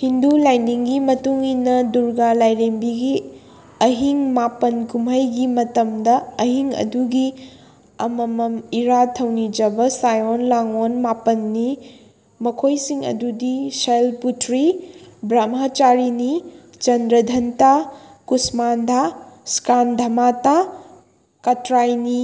ꯍꯤꯟꯗꯨ ꯂꯥꯢꯅꯤꯡꯒꯤ ꯃꯇꯨꯡꯏꯟꯅ ꯗꯨꯔꯒꯥ ꯂꯥꯢꯔꯦꯝꯕꯤꯒꯤ ꯑꯍꯤꯡ ꯃꯥꯄꯟ ꯀꯨꯝꯃꯩꯒꯤ ꯃꯇꯝꯗ ꯑꯍꯤꯡ ꯈꯨꯗꯤꯡꯒꯤ ꯑꯃꯃꯝ ꯏꯔꯥꯠ ꯊꯧꯅꯤꯖꯕ ꯁꯥꯢꯑꯣꯟ ꯂꯥꯡꯑꯣꯟ ꯃꯥꯄꯟ ꯅꯤ꯫ ꯃꯈꯣꯢꯁꯤꯡ ꯑꯗꯨꯗꯤ ꯁꯩꯜꯄꯨꯇ꯭ꯔꯤ, ꯕ꯭ꯔꯍ꯭ꯃꯥꯆꯥꯔꯤꯅꯤ, ꯆꯟꯗ꯭ꯔꯘꯟꯇꯥ, ꯀꯨꯁꯃꯥꯟꯗꯥ, ꯁ꯭ꯀꯟꯗꯃꯥꯇꯥ, ꯀꯥꯇ꯭ꯌꯥꯏꯅꯤ,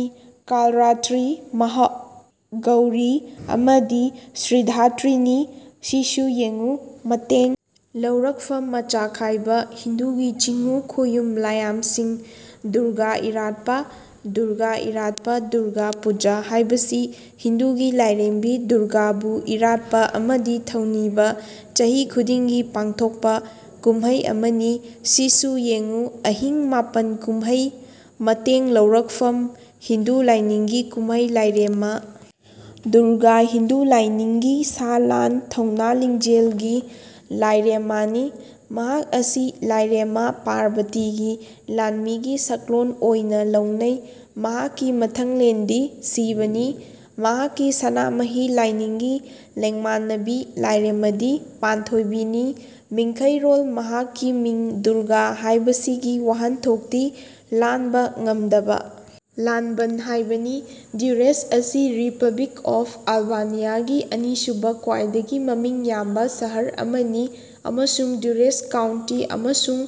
ꯀꯥꯜꯔꯥꯇ꯭ꯔꯤ, ꯃꯍꯥꯒꯧꯔꯤ ꯑꯃꯗꯤ ꯁꯤꯗ꯭ꯙꯤꯗꯥꯇ꯭ꯔꯤꯅꯤ꯫ ꯁꯤꯁꯨ ꯌꯦꯡꯉꯨ ꯃꯇꯦꯡ ꯂꯧꯔꯛꯐꯝ ꯃꯆꯥꯈꯥꯏꯕ:ꯍꯤꯟꯗꯨꯒꯤ ꯆꯤꯉꯨ ꯈꯣꯌꯨꯝ ꯂꯥꯢꯌꯥꯝꯁꯤꯡ ꯗꯨꯔꯒꯥ ꯏꯂꯥꯠꯄ (ꯗꯨꯔꯒꯥ ꯏꯔꯥꯠꯄ, ꯗꯨꯔꯒꯥ ꯄꯨꯖꯥ)ꯍꯥꯏꯕꯁꯤ ꯍꯤꯟꯗꯨꯒꯤ ꯂꯥꯢꯔꯦꯝꯕꯤ ꯗꯨꯔꯒꯥ ꯕꯨ ꯏꯔꯥꯠꯄ ꯑꯃꯗꯤ ꯊꯧꯅꯤꯕ ꯆꯍꯤ ꯈꯨꯗꯤꯡꯒꯤ ꯄꯥꯡꯊꯣꯛꯄ ꯀꯨꯝꯃꯩ ꯑꯃꯅꯤ꯫ ꯁꯤꯁꯨ ꯌꯦꯡꯉꯨ ꯑꯍꯤꯡ ꯃꯥꯄꯟ ꯀꯨꯝꯍꯩ ꯃꯇꯦꯡ ꯂꯧꯔꯛꯐꯝ:ꯍꯤꯟꯗꯨ ꯂꯥꯏꯅꯤꯡꯒꯤ ꯀꯨꯝꯍꯩ ꯂꯥꯢꯔꯦꯝꯃ ꯗꯨꯔꯒꯥ ꯍꯤꯟꯗꯨ ꯂꯥꯢꯅꯤꯡꯒꯤ ꯁꯥ ꯂꯥꯟ, ꯊꯧꯅꯥ ꯂꯤꯡꯖꯦꯜꯒꯤ ꯂꯥꯢꯔꯦꯝꯃꯥ ꯅꯤ꯫ ꯃꯍꯥꯛ ꯑꯁꯤ ꯂꯥꯢꯔꯦꯝꯃ ꯄꯥꯔꯕꯇꯤꯒꯤ ꯂꯥꯟꯃꯤꯒꯤ ꯁꯛꯂꯣꯟ ꯑꯣꯢꯅ ꯂꯧꯅꯩ꯫ꯃꯍꯥꯛꯀꯤ ꯃꯊꯪꯂꯦꯟꯗꯤ ꯁꯤꯚꯅꯤ꯫ ꯃꯍꯥꯛꯀꯤ ꯁꯅꯥꯃꯍꯤ ꯂꯥꯢꯅꯤꯡꯒꯤ ꯂꯦꯡꯃꯥꯟꯅꯕꯤ ꯂꯥꯢꯔꯦꯝꯃꯗꯤ ꯄꯥꯟꯊꯣꯢꯕꯤꯅꯤ꯫ ꯃꯤꯡꯈꯩꯔꯣꯜ ꯃꯍꯥꯛꯀꯤ ꯃꯤꯡ "ꯗꯨꯔꯒꯥ" ꯍꯥꯢꯕꯁꯤꯒꯤ ꯋꯥꯍꯟꯊꯣꯛꯇꯤ "ꯂꯥꯟꯕ ꯉꯝꯗꯕ ꯂꯥꯟꯕꯟ" ꯍꯥꯢꯕꯅꯤ꯫ ꯗꯨꯔꯔꯦꯁ ꯑꯁꯤ ꯔꯤꯄꯕ꯭ꯂꯤꯛ ꯑꯣꯐ ꯑꯜꯕꯥꯅꯤꯌꯥꯒꯤ ꯑꯅꯤꯁꯨꯕ ꯈ꯭ꯋꯥꯏꯗꯒꯤ ꯃꯤꯁꯤꯡ ꯌꯥꯝꯕ ꯁꯍꯔ ꯑꯃꯅꯤ ꯑꯃꯁꯨꯡ ꯗꯨꯔꯦꯁ ꯀꯥꯎꯟꯇꯤ ꯑꯃꯁꯨꯡ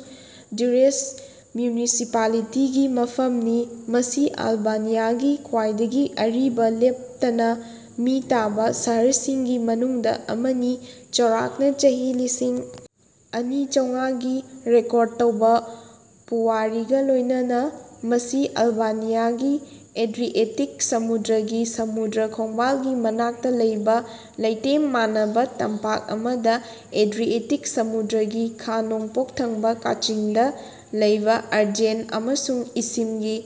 ꯗꯨꯔꯔꯦꯁ ꯃ꯭ꯌꯨꯅꯤꯁꯤꯄꯥꯂꯤꯇꯤꯒꯤ ꯃꯐꯝꯅꯤ꯫ ꯃꯁꯤ ꯑꯜꯕꯥꯅꯤꯌꯥꯒꯤ ꯈ꯭ꯋꯥꯏꯗꯒꯤ ꯑꯔꯤꯕ ꯂꯦꯞꯇꯅ ꯃꯤ ꯇꯥꯕ ꯁꯍꯔꯁꯤꯡꯒꯤ ꯃꯅꯨꯡꯗ ꯑꯃꯅꯤ, ꯆꯥꯎꯔꯥꯛꯅ ꯆꯍꯤ ꯂꯤꯁꯤꯡ ꯑꯅꯤ ꯆꯧꯉꯥꯒꯤ ꯔꯦꯀꯣꯔꯠ ꯇꯧꯔꯕ ꯄꯨꯋꯥꯔꯤꯒ ꯂꯣꯏꯅꯅ꯫ ꯃꯁꯤ ꯑꯜꯕꯥꯅꯤꯌꯥꯒꯤ ꯑꯦꯗ꯭ꯔꯤꯑꯦꯇꯤꯛ ꯁꯃꯨꯗ꯭ꯔꯒꯤ ꯁꯃꯨꯗ꯭ꯔ ꯈꯣꯡꯕꯥꯜꯒꯤ ꯃꯅꯥꯛꯇ ꯂꯩꯕ ꯂꯩꯇꯦꯝ ꯃꯥꯟꯅꯕ ꯇꯝꯄꯥꯛ ꯑꯃꯗ ꯑꯦꯗ꯭ꯔꯤꯑꯦꯇꯤꯛ ꯁꯃꯨꯗ꯭ꯔꯒꯤ ꯈꯥ-ꯅꯣꯡꯄꯣꯛ ꯊꯪꯕ ꯀꯥꯆꯤꯟꯗ ꯂꯩꯕ ꯑꯦꯔꯖꯦꯟ ꯑꯃꯁꯨꯡ ꯏꯁꯤꯝꯒꯤ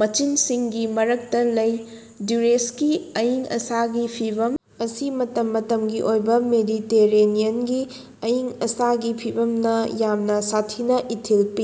ꯃꯆꯤꯟꯁꯤꯡꯒꯤ ꯃꯔꯛꯇ ꯂꯩ꯫ ꯗꯨꯔꯔꯦꯁꯀꯤ ꯑꯏꯪ-ꯑꯁꯥꯒꯤ ꯐꯤꯚꯝ ꯑꯁꯤ ꯃꯇꯝ ꯃꯇꯝꯒꯤ ꯑꯣꯏꯕ ꯃꯦꯗꯤꯇꯦꯔꯦꯅꯤꯌꯟꯒꯤ ꯑꯏꯪ-ꯑꯁꯥꯒꯤ ꯐꯤꯚꯝꯅ ꯌꯥꯝꯅ ꯁꯥꯊꯤꯅ ꯏꯊꯤꯜ ꯄꯤ꯫